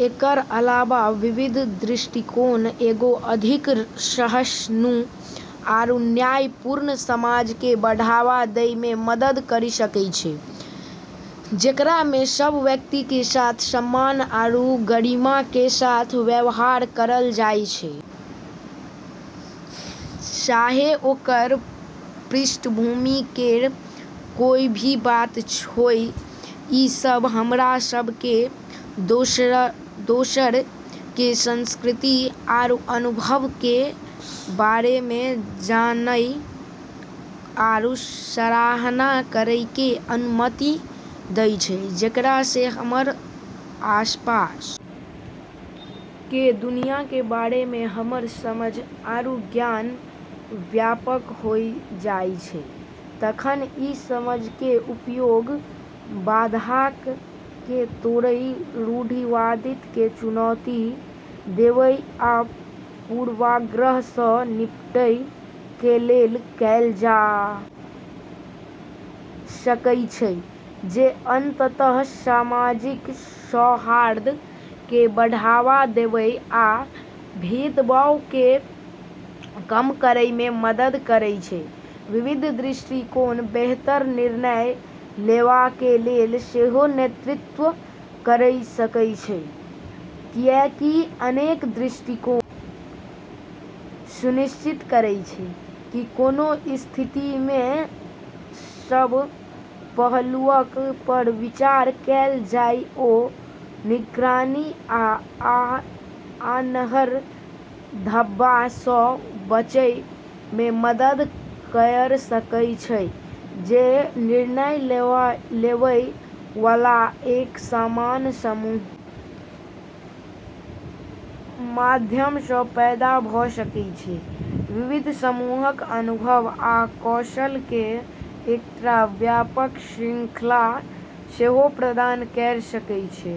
एकरऽ अलावा विविध दृष्टिकोण एगो अधिक सहिष्णु आरू न्यायपूर्ण समाज के बढ़ावा दै मे मदद करी सकै छै जेकरा मे सब व्यक्ति के साथ सम्मान आरू गरिमा के साथ व्यवहार करलऽ जाय छै, चाहे ओकरऽ पृष्ठभूमि केरऽ कोय भी बात होय, ई सब हमरा सब के दोसरऽ के संस्कृति आरू अनुभव के बारे मे जानय आरू सराहना करै के अनुमति दै छै जेकरा से हमरऽ आसपास के दुनिया के बारे मे हमरऽ समझ आरू ज्ञान व्यापक होय जाय छै तखन इ समझ कें उपयोग बाधाक कें तोड़य, रूढ़िवादिता कें चुनौती देवय आ पूर्वाग्रह सं निपटय कें लेल कैल जा सकय छै जे अंतत: सामाजिक सौहार्द कें बढ़ावा देवय आ भेदभाव कें कम करय मे मदद करय छै विविध दृष्टिकोण बेहतर निर्णय लेवा कें लेल सेहो नेतृत्व कयर सकय छै, कियाकि अनेक दृष्टिकोण सुनिश्चित करय छै कि कोनों स्थिति कें सब पहलुअक पर विचार कैल जाय ओ निगरानी या आन्हर धब्बा सं बचय मे मदद कयर सकय छै जे निर्णय लेवय वाला एक समान समूह कें माध्यम सं पैदा भ सकय छै, विविध समूहक अनुभव आ कौशल कें एकटा व्यापक श्रृंखला सेहो प्रदान कयर सकय छै,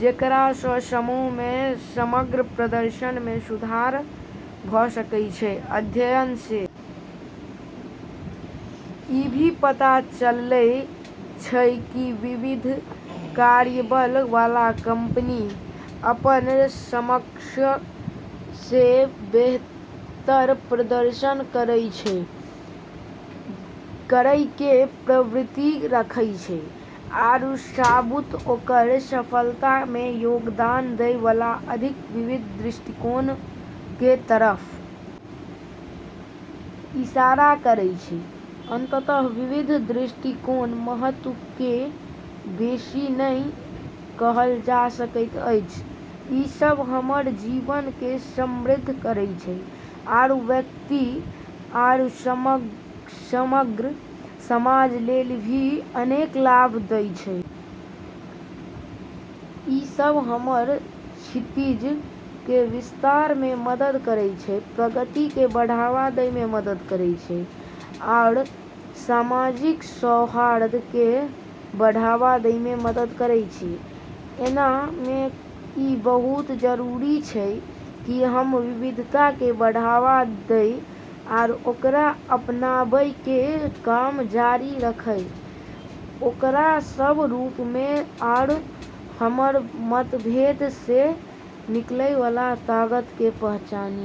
जेकरा सं समूह कें समग्र प्रदर्शन मे सुधार भ सकय छै, अध्ययनऽ से ई भी पता चललै छै कि विविध कार्यबल वाला कंपनी अपनऽ समकक्षऽ से बेहतर प्रदर्शन करै के प्रवृत्ति रखै छै आरू सबूत ओकरऽ सफलता मे योगदान दै वाला अधिक विविध दृष्टिकोण के तरफ इशारा करै छै, अंततः विविध दृष्टिकोणक महत्व केँ बेसी नहि कहल जा सकैत अछि, ई सब हमरऽ जीवन के समृद्ध करै छै आरू व्यक्ति आरू समग्र समाज लेली भी अनेक लाभ दै छै, ई सब हमरऽ क्षितिज के विस्तार मे मदद करै छै, प्रगति के बढ़ावा दै मे मदद करै छै आरू सामाजिक सौहार्द के बढ़ावा दै मे मदद करै छै, ऐन्हऽ मे ई बहुत जरूरी छै कि हम्म विविधता के बढ़ावा दै आरू ओकरा अपनाबै के काम जारी रखै ओकरऽ सब रूप मे आरू हमरऽ मतभेद से निकलै वाला ताकत के पहचानी के।